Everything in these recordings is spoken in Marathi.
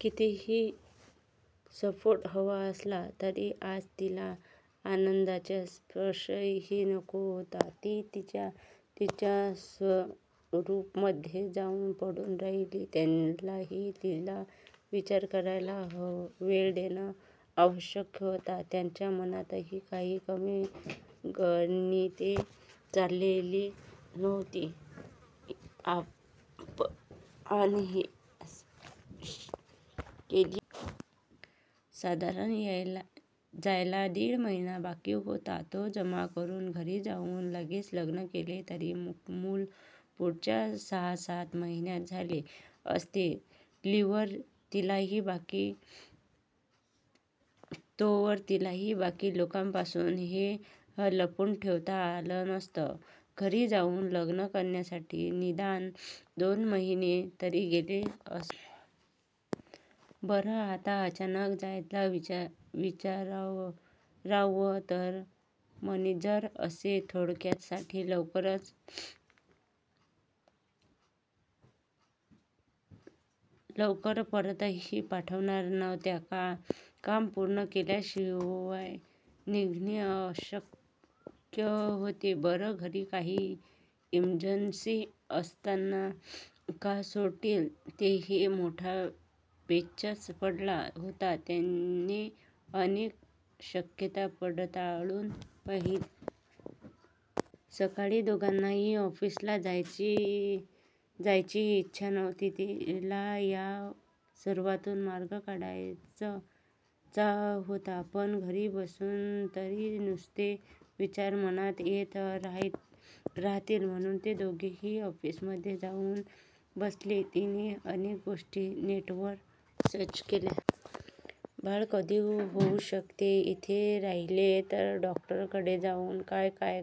कितीही सपोर्ट हवा असला तरी आज तिला आनंदचा स्पर्शही नको होता. ती तिच्या रूममध्ये जाऊन पडून राहिली. त्यालाही तिला विचार करायला वेळ देणं आवश्यक होतं. त्याच्या मनातही काही कमी गणिते चाललेली नव्हती. आपण ही प्रेग्नन्सी कंटिन्यू केली तर अंदाजे कधी बाळ होऊ शकत याची माहिती नेटवर पाहिली. साधारण जायला दीड महिना बाकी होता. तो जमा करून घरी जाऊन लगेच लग्न केले तरी मूल पुढच्या सहा-सात महिन्यांत झाले असते. तोवर तिलाही बाकी लोकांपासून हे लपवून ठेवता आलं नसतं. घरी जाऊन लग्न करण्यासाठी निदान दोन महिने तरी गेले असते एकूण. बरं आता अचानक जायला विचारावं तर मॅनेजर असे थोडक्यासाठी लवकर परतही पाठवणार नव्हता. काम पूर्ण केल्याशिवाय निघणे अशक्य होते. बरं घरी काही इमर्जन्सी नसताना का सोडतील तेही? मोठा पेचच पडला होता. त्याने अनेक शक्यता पडताळून पाहिल्या आणि मनाशी काहीतरी निश्चित करून तो झोपून गेला. सकाळी दोघांनाही ऑफिसला जायची इच्छा नव्हती. तिला या सर्वातून मार्ग काढायचा होता. पण घरी बसून तरी नुसते विचार मनात येत राहतील म्हणून ते दोघेही ऑफिसमध्ये जाऊन बसले. तिने अनेक गोष्टी नेटवर सर्च केल्या. बाळ कधी होऊ शकते, इथे राहिले तर डॉक्टरकडे जाऊन काय काय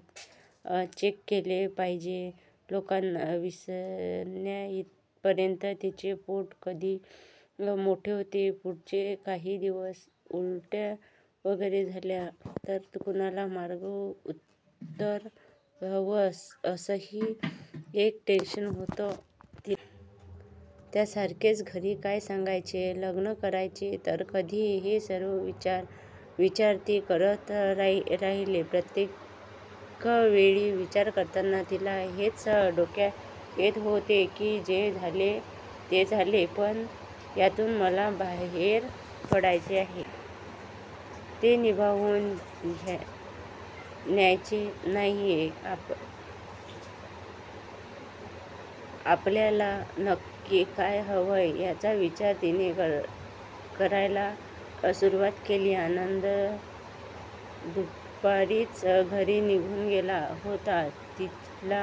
चेक केले पाहिजे, लोकांना दिसण्याइतपत तिचे पोट कधी मोठे होते. पुढचे काही दिवस उलट्या वगैरे झाल्या तर कुणाला काय उत्तर द्यावं असंही एक टेन्शन होतं तिला. त्याच्यासारखेच घरी काय सांगायचे, लग्न करायचे तर कधी हे सर्व विचार ती करत राहिली. प्रत्येकवेळी विचार करताना तिला हेच डोक्यात येत होते की जे झाले ते झाले पण यातून मला बाहेर पडायचे आहे. ते निभावून न्यायचे नाहीये. आपल्याला नक्की काय हवंय याचा विचार तिने करायला सुरुवात केली. आनंद दुपारीच घरी निघून गेला होता. तिला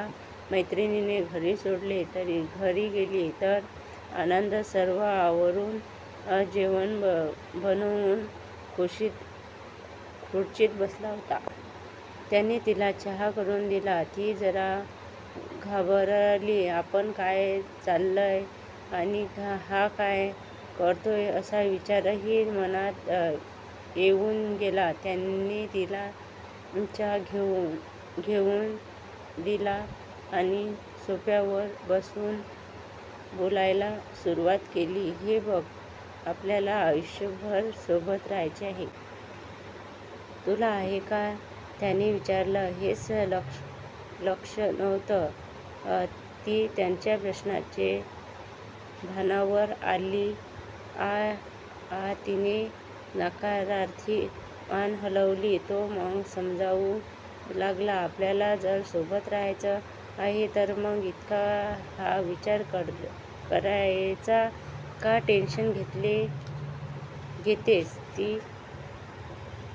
मैत्रिणीने घरी सोडले. घरी गेली तर आनंद सर्व आवरून, जेवण बनवून खुशीत बसला होता. त्याने तिला चहा करून दिला. ती जरा बावरली. आपलं काय चाललंय आणि हा काय करतोय असा विचारही मनात येऊन गेला. त्याने तिला चहा घेऊन दिला आणि सोफ्यावर बसवून बोलायला सुरुवात केली,"हे बघ, आपल्याला आयुष्यभर सोबत राहायचं आहे यात मला तरी शंका नाहीये. तुला आहे का? ", त्याने विचारलं. तिचं लक्ष नव्हतं. ती त्याच्या प्रश्नाने भानावर आली. "आं! तिने नकारार्थी मान हलवली. तो मग समजावू लागला,"आपल्याला जर सोबत राहायचंच आहे तर मग इतका का विचार करायचा? का टेन्शन घेतेस? ती," अरे